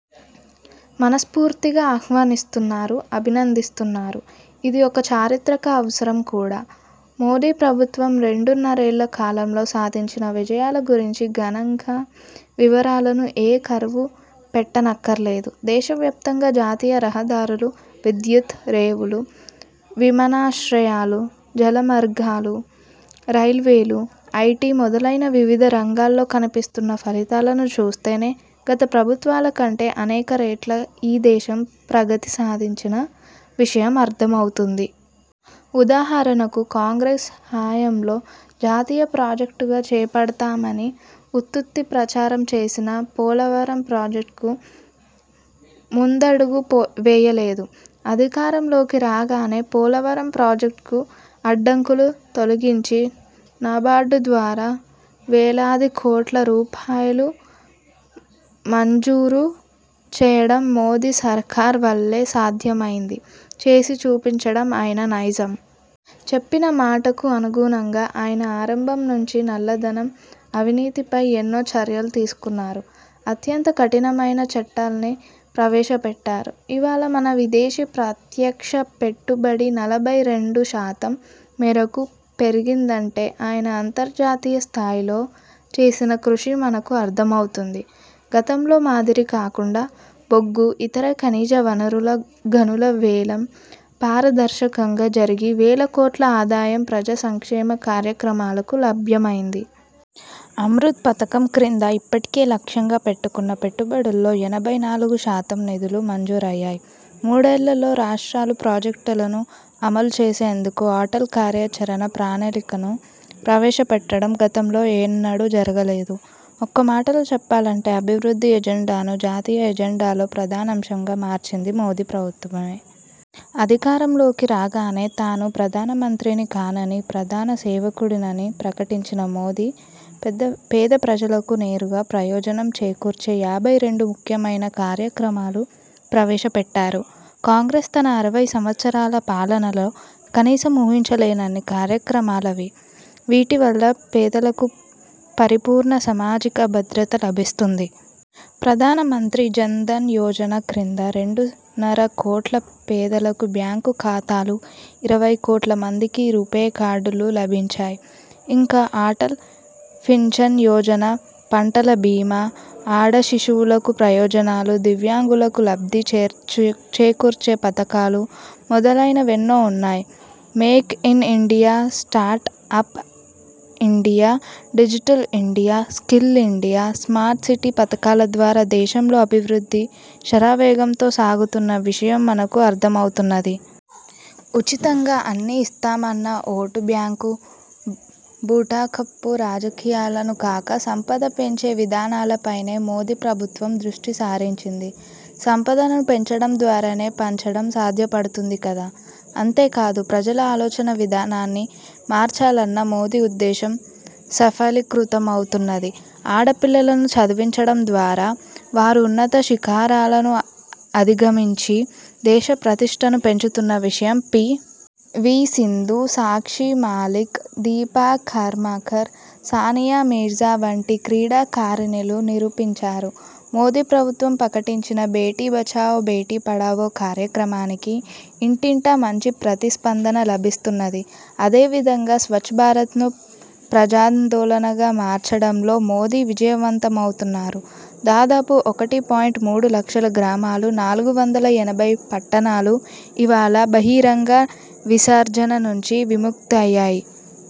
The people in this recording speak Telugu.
మనస్ఫూర్తిగా ఆహ్వానిస్తున్నారు. అభినందిస్తున్నారు. ఇది ఒక చారిత్రక అవసరం కూడా. మోదీ ప్రభుత్వం రెండున్నరేళ్ల కాలంలో సాధించిన విజయాల గురించి గణాంక వివరాలను ఏ కరువు పెట్టనక్కర్లేదు. దేశవ్యాప్తంగా జాతీయ రహదారులు, విద్యుత్, రేవులు, విమానాశ్రయాలు, జలమార్గాలు, రైల్వేలు, ఐటీ మొదలైన వివిధ రంగాల్లో కనిపిస్తున్న ఫలితాలను చూస్తేనే గత ప్రభుత్వాల కంటే అనేక రెట్లు ఈ దేశం ప్రగతి సాధించిన విషయం అర్థమవుతుంది. ఉదాహరణకు కాంగ్రెస్ హయాంలో జాతీయ ప్రాజెక్టుగా చేపడతామని ఉత్తుత్తి ప్రచారం చేసినా పోలవరం ప్రాజెక్టు ముందడుగు వేయలేదు. అధికారంలోకి రాగానే పోలవరం ప్రాజెక్టుకు అడ్డంకులు తొలగించి నాబార్డు ద్వారా వేలాదికోట్ల రూపాయలు మంజూరు చేయడం మోదీ సర్కార్ వల్లే సాధ్యమైంది. చేసి చూపించడం ఆయన నైజం. చెప్పిన మాటకు అనుగుణంగా ఆయన ఆరంభం నుంచి నల్లధనం, అవినీతిపై ఎన్నో చర్యలు తీసుకున్నారు. అత్యంత కఠినమైన చట్టాల్ని ప్రవేశపెట్టారు. ఇవాళ మన విదేశీ ప్రత్యక్ష పెట్టుబడి నలభై రెండుశాతం మేరకు పెరిగిందంటే ఆయన అంతర్జాతీయ స్థాయిలో చేసిన కృషి మనకు అర్థమవుతుంది. గతంలో మాదిరి కాకుండా బొగ్గు, ఇతర ఖనిజ వనరుల గనుల వేలం పారదర్శకంగా జరిగి వేలకోట్ల ఆదాయం ప్రజా సంక్షేమ కార్యక్రమాలకు లభ్యమయింది. అమృత్ పథకం క్రింద ఇప్పటికే లక్ష్యంగా పెట్టుకున్న పెట్టుబడుల్లో ఎనభై నాలుగు శాతం నిధులు మంజూరయ్యాయి. మూడేళ్లలో రాష్ట్రాలు ప్రాజెక్టులను అమలు చేసేందుకు అటల్ కార్యాచరణ ప్రణాళికను ప్రవేశపెట్టడం గతంలో ఎన్నడూ జరగలేదు. ఒక్క మాటలో చెప్పాలంటే అభివృద్ధి ఎజెండాను జాతీయ ఎజెండాలో ప్రధానాంశంగా మార్చింది మోదీ ప్రభుత్వమే. అధికారంలోకి రాగానే తాను ప్రధానమంత్రిని కానని, ప్రధాన సేవకుడినని ప్రకటించిన మోదీ పేద ప్రజలకు నేరుగా ప్రయోజనం చేకూర్చే యాభై రెండు ముఖ్యమైన కార్యక్రమాలు ప్రవేశపెట్టారు. కాంగ్రెస్ తన అరవై సంవత్సరాల పాలనలో కనీసం ఊహించలేనన్ని కార్యక్రమాలివి. వీటివల్ల పేదలకు పరిపూర్ణ సామాజిక భద్రత లభిస్తుంది. ప్రధానమంత్రి జన్ ధన్ యోజన క్రింద రెండున్నర కోట్ల పేదలకు బ్యాంకు ఖాతాలు, ఇరవై కోట్ల మందికి రూపే కార్డులు లభించాయి. ఇంకా అటల్ పింఛన్ యోజన, పంటల భీమా, ఆడ శిశువులకు ప్రయోజనాలు, దివ్యాంగులకు లబ్ధి చేకూర్చే పథకాలు మొదలైనవెన్నో ఉన్నాయి. Make in India, startup India, digital India, skill India, smart city పథకాల ద్వారా దేశంలో అభివృద్ధి శరవేగంతో సాగుతున్న విషయం మనకు అర్థమవుతున్నది. ఉచితంగా అన్నీ ఇస్తామన్న ఓటు బ్యాంకు బూటకపు రాజకీయాలను కాక సంపద పెంచే విధానాలపైనే మోదీ ప్రభుత్వం దృష్టి సారించింది. సంపదను పెంచడం ద్వారానే పంచడం సాధ్యపడుతుంది కదా! అంతేకాదు, ప్రజల ఆలోచనా విధానాన్ని మార్చాలన్న మోదీ ఉద్దేశం సఫలీకృతమవుతున్నది. ఆడపిల్లలను చదివించడం ద్వారా వారు ఉన్నత శిఖరాలను అధిగమించి దేశ ప్రతిష్టను పెంచుతున్న విషయం పి. వి. సింధు, సాక్షి మాలిక్, దీపా కర్మాకర్, సానియా మీర్జా వంటి క్రీడాకారిణులు నిరూపించారు. మోదీ ప్రభుత్వం ప్రకటించిన బేటీ బచావో, బేటీ పడావో కార్యక్రమానికి ఇంటింటా మంచి ప్రతిస్పందన లభిస్తున్నది. అదేవిధంగా స్వచ్చభారత్ను ప్రజాందోళనగా మార్చడంలో మోదీ విజయవంతమవుతున్నారు. దాదాపు ఒకటి పాయింట్ మూడు లక్షల గ్రామాలు, నాలుగు వందల ఎనభై పట్టణాలు ఇవాళ బహిరంగ విసర్జన నుంచి విముక్తమయ్యాయి.